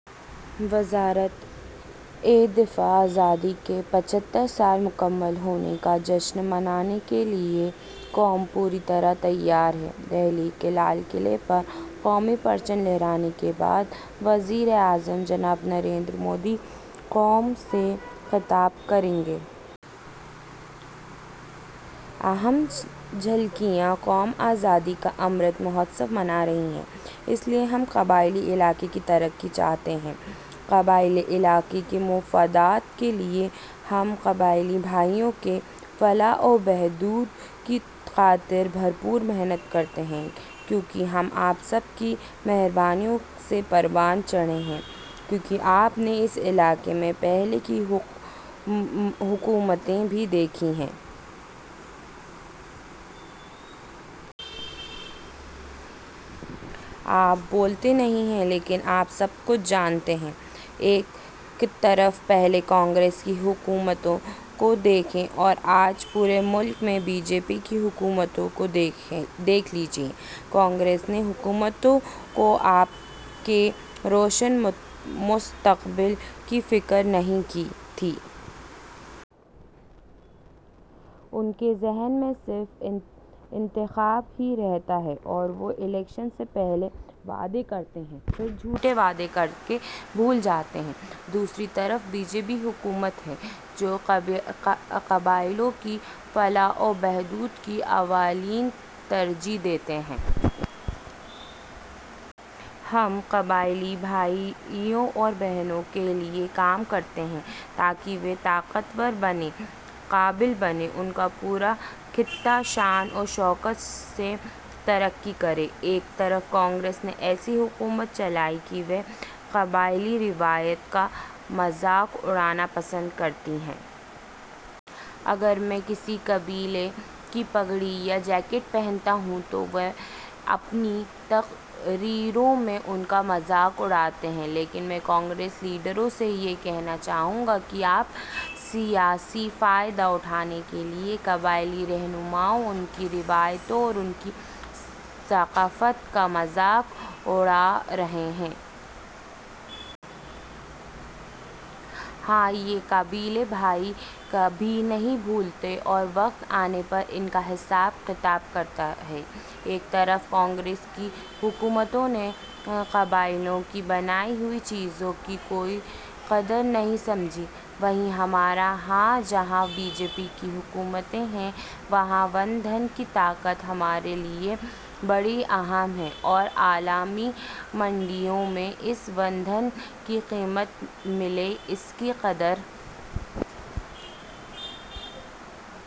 وزارتِ دفاع آزادی کے پچھتر سال مکمل ہونے کا جشن منانے کے لیے قوم پوری طرح تیار ہے۔ دہلی کے لال قلعے پر قومی پرچم لہرانے کے بعد وزیر اعظم جناب نریندر مودی قوم سے خطاب کریں گے۔ اہم جھلکیاں: قوم ’آزادی کا امرت مہوتسو‘ منا رہی ہے۔ اس لیے ہم قبائلی علاقے کی ترقی چاہتے ہیں۔ قبائلی علاقے کے مفادات کے لیے ہم قبائلی بھائیوں کی فلاح و بہبود کی خاطر بھرپور محنت کرتے ہیں، کیونکہ ہم آپ سب کی مہربانیوں سے پروان چڑھے ہیں، کیونکہ آپ نے اس علاقے میں پہلے کی حکومتیں بھی دیکھی ہیں۔ آپ بولتے نہیں ہیں، لیکن آپ سب کچھ جانتے ہیں۔ ایک طرف پہلے کانگریس کی حکومتوں کو دیکھیں اور آج پورے ملک میں بی جے پی کی حکومتوں کو دیکھ لیجیے۔ کانگریس کی حکومتوں کو آپ کے روشن مستقبل کی فکر نہیں تھی۔ ان کے ذہن میں صرف انتخاب ہی رہتا ہے اور وہ الیکشن سے پہلے وعدے کرتے ہیں، پھر جھوٹے وعدے کرکے بھول جاتے ہیں۔ دوسری طرف بی جے پی حکومت ہے، جو قبائلیوں کی فلاح و بہبود کو اولین ترجیح دیتی ہے۔ ہم اپنے قبائلی بھائیوں اور بہنوں کے لیے کام کرتے ہیں تاکہ وہ طاقتور بنیں، قابل بنیں، ان کا پورا خطہ شان و شوکت سے ترقی کرے۔ ایک طرف کانگریس نے ایسی حکومت چلائی کہ وہ قبائلی روایت کا مذاق اڑانا پسند کرتی ہے۔ اگر میں کبھی کسی قبائلی کی پگڑی یا جیکٹ پہنتا ہوں تو وہ اپنی تقریروں میں ان کا مذاق اڑاتے ہیں۔ لیکن میں کانگریس لیڈروں سے یہ کہنا چاہوں گا کہ آپ سیاسی فائدہ اٹھانے کے لیے قبائلی رہنماؤں، ان کی روایات اور ان کی ثقافت کا مذاق اڑا رہے ہیں۔ ہاں، یہ قبائلی بھائی کبھی نہیں بھولتا اور وقت آنے پر اس کا حساب کتاب کرتا ہے۔ ایک طرف کانگریس کی حکومتوں نے قبائلیوں کی بنائی ہوئی چیزوں کی کوئی قدر نہیں سمجھی، وہیں ہمارے ہاں جہاں بی جے پی کی حکومتیں ہیں، وہاں ون دھن کی طاقت ہمارے لیے بڑی اہم ہے اور عالمی منڈیوں میں اس ون دھن کی قیمت ملے، اس کی قدر...